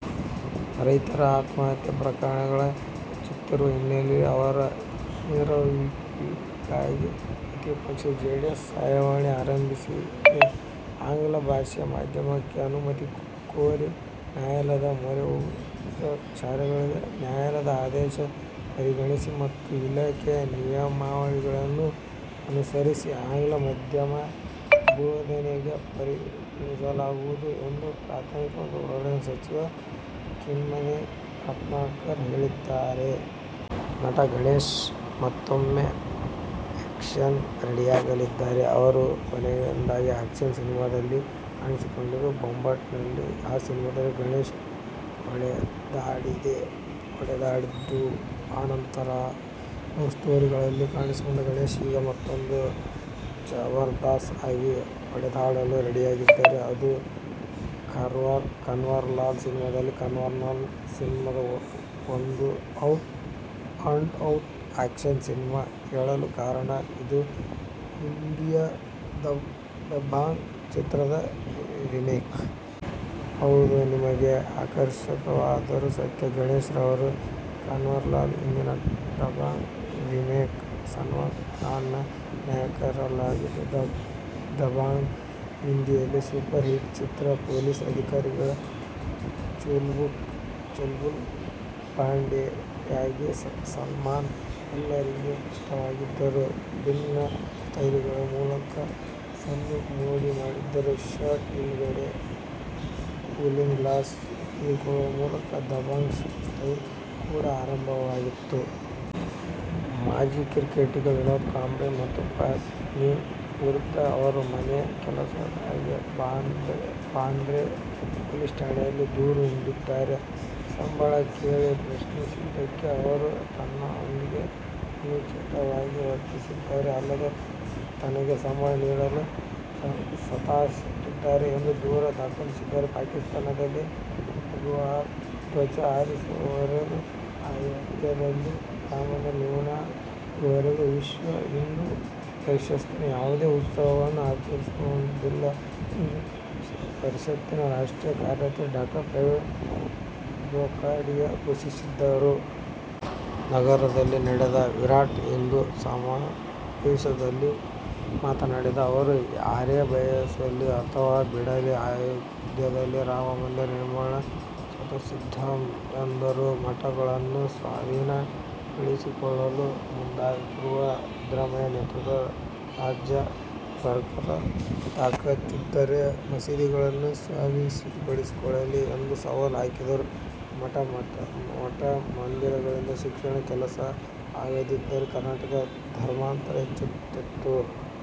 ರೈತರ ಆತ್ಮಹತ್ಯೆ ಪ್ರಕರಣಗಳು ಹೆಚ್ಚುತ್ತಿರುವ ಹಿನ್ನೆಲೆಯಲ್ಲಿ ಅವರ ನೆರವಿಗಾಗಿ ಪ್ರತಿಪಕ್ಷ ಜೆಡಿಎಸ್ ಸಹಾಯವಾಣಿ ಆರಂಭಿಸಿದೆ. ಆಂಗ್ಲ ಭಾಷಾ ಮಾಧ್ಯಮಕ್ಕೆ ಅನುಮತಿ ಕೋರಿ ನ್ಯಾಯಾಲಯದ ಮೊರೆಹೋಗಿದ್ದ ಶಾಲೆಗಳಿಗೆ ನ್ಯಾಯಾಲಯದ ಆದೇಶ ಪರಿಗಣಿಸಿ ಮತ್ತು ಇಲಾಖೆಯ ನಿಯಮಾವಳಿಗಳನ್ನೂ ಅನುಸರಿಸಿ ಆಂಗ್ಲ ಮಾಧ್ಯಮ ಬೋಧನೆಗೆ ಪರಿಗಣಿಸಲಾಗುವುದು ಎಂದು ಪ್ರಾಥಮಿಕ ಮತ್ತು ಪ್ರೌಢ ಶಿಕ್ಷಣ ಸಚಿವ ಕಿಮ್ಮನೆ ರತ್ನಾಕರ ಹೇಳಿದ್ದಾರೆ. ನಟ ಗಣೇಶ್ ಮತ್ತೂಮ್ಮೆ ಆ್ಯಕ್ಷನ್ಗೆ ರೆಡಿಯಾಗಿದ್ದಾರೆ. ಅವರು ಕೊನೆಯದಾಗಿ ಆ್ಯಕ್ಷನ್ ಸಿನಿಮಾದಲ್ಲಿ ಕಾಣಿಸಿಕೊಂಡಿದ್ದು "ಬೊಂಬಾಟ್'ನಲ್ಲಿ. ಆ ಸಿನಿಮಾದಲ್ಲಿ ಗಣೇಶ್ ಹೊಡೆದಾಡಿದ್ದೇ ಹೊಡೆದಾಡಿದ್ದು. ಆ ನಂತರ ಲವ್ಸ್ಟೋರಿಗಳಲ್ಲೇ ಕಾಣಿಸಿಕೊಂಡ ಗಣೇಶ್ ಈಗ ಮತ್ತೂಮ್ಮೆ ಜಬರ್ದಸ್ತ್ ಆಗಿ ಹೊಡೆದಾಡಲು ರೆಡಿಯಾಗಿದ್ದಾರೆ. ಅದು "ಕನ್ವರ್ಲಾಲ್' ಸಿನಿಮಾದಲ್ಲಿ. "ಕನ್ವರ್ಲಾಲ್' ಸಿನಿಮಾ ಒಂದು out and out action cinema ಎಂದು ಹೇಳಲು ಕಾರಣ, ಇದು ಹಿಂದಿಯ "ದಭಾಂಗ್' ಚಿತ್ರದ ರೀಮೇಕ್. ಹೌದು, ನಿಮಗೆ ಆಶ್ವರ್ಯವಾದರೂ ಸತ್ಯ. ಗಣೇಶ್ ಅವರ "ಕನ್ವರ್ಲಾಲ್' ಹಿಂದಿಯ "ದಭಾಂಗ್' ರೀಮೇಕ್. ಸಲ್ಮಾನ್ ಖಾನ್ ನಾಯಕರಾಗಿದ್ದ "ದಭಾಂಗ್' ಹಿಂದಿಯಲ್ಲಿ ಸೂಪರ್ ಹಿಟ್ ಚಿತ್ರ. ಪೊಲೀಸ್ ಅಧಿಕಾರಿ ಚುಲ್ಬುಲ್ ಪಾಂಡೆಯಾಗಿ ಸಲ್ಮಾನ್ ಎಲ್ಲರಿಗೂ ಇಷ್ಟವಾಗಿದ್ದರು. ಭಿನ್ನ ಸ್ಟೈಲ್ಗಳ ಮೂಲಕ ಸಲ್ಲು ಮೋಡಿ ಮಾಡಿದ್ದರು. ಶರ್ಟ್ ಹಿಂದುಗಡೆ ಕೂಲಿಂಗ್ ಗ್ಲಾಸ್ ಸಿಕ್ಕಿಸಿಕೊಳ್ಳುವ ಮೂಲಕ "ದಭಾಂಗ್ ಸ್ಟೈಲ್' ಕೂಡಾ ಆರಂಭವಾಯಿತು. ಮಾಜಿ ಕ್ರಿಕೆಟಿಗ ವಿನೋದ್ ಕಾಂಬ್ಳಿ ಮತ್ತು ಪತ್ನಿ ವಿರುದ್ಧ ಅವರ ಮನೆ ಕೆಲಸದಾಕೆ ಬಾಂದ್ರಾ ಪೊಲೀಸ್ ಠಾಣೆಯಲ್ಲಿ ದೂರು ನೀಡಿದ್ದಾರೆ. ಸಂಬಳ ಕೇಳಿ ಪ್ರಶ್ನಿಸಿದ್ದಕ್ಕೆ ಅವರು ತನ್ನೊಂದಿಗೆ ಅನುಚಿತವಾಗಿ ವರ್ತಿಸಿದ್ದಾರೆ, ಅಲ್ಲದೆ ತನಗೆ ಸಂಬಳ ನೀಡಲು ಸತಾಯಿಸುತ್ತಿದ್ದಾರೆ ಎಂದು ದೂರು ದಾಖಲಿಸಿದ್ದಾರೆ. ಪಾಕಿಸ್ತಾನದಲ್ಲಿ ಭಗವಾಧ್ವಜ ಹಾರಿಸುವವರೆಗೆ, ಅಯೋಧ್ಯೆಯಲ್ಲಿ ರಾಮಮಂದಿರ ನಿರ್ಮಾಣ ಆಗುವವರೆಗೆ ವಿಶ್ವ ಹಿಂದು ಪರಿಷತ್ ಯಾವುದೇ ಉತ್ಸವಗಳನ್ನು ಆಚರಿಸುವುದಿಲ್ಲ ಎಂದು ಪರಿಷತ್ ರಾಷ್ಟ್ರೀಯ ಕಾರ್ಯಾಧ್ಯಕ್ಷ ಡಾ ಪ್ರವೀಣ ತೊಗಾಡಿಯಾ ಘೋಷಿಸಿದರು. ನಗರದಲ್ಲಿ ನಡೆದ ವಿರಾಟ್ ಹಿಂದು ಸಮಾವೇಶದಲ್ಲಿ ಮಾತನಾಡಿದ ಅವರು, ಯಾರೇ ಬಯಸಲಿ ಅಥವಾ ಬಿಡಲಿ ಅಯೋಧ್ಯೆಯಲ್ಲಿ ರಾಮ ಮಂದಿರ ನಿರ್ಮಾಣ ಶತಃಸಿದ್ಧ ಎಂದರು. ಮಠಗಳನ್ನು ಸ್ವಾಧೀನ ಪಡಿಸಿಕೊಳ್ಳಲು ಮುಂದಾಗಿರುವ ಸಿದ್ದರಾಮಯ್ಯ ನೇತೃತ್ವದ ರಾಜ್ಯ ಸರ್ಕಾರ ತಾಕತ್ತಿದ್ದರೆ ಮಸೀದಿಗಳನ್ನು ಸ್ವಾಧೀನಪಡಿಸಿಕೊಳ್ಳಲಿ ಎಂದು ಸವಾಲು ಹಾಕಿದರು. ಮಠ-ಮಂದಿರಗಳಿಂದ ಶಿಕ್ಷಣದ ಕೆಲಸ ಆಗಿರದಿದ್ದರೆ ಕರ್ನಾಟಕದಲ್ಲಿ ಧರ್ಮಾಂತರ ಹೆಚ್ಚುತ್ತಿತ್ತು.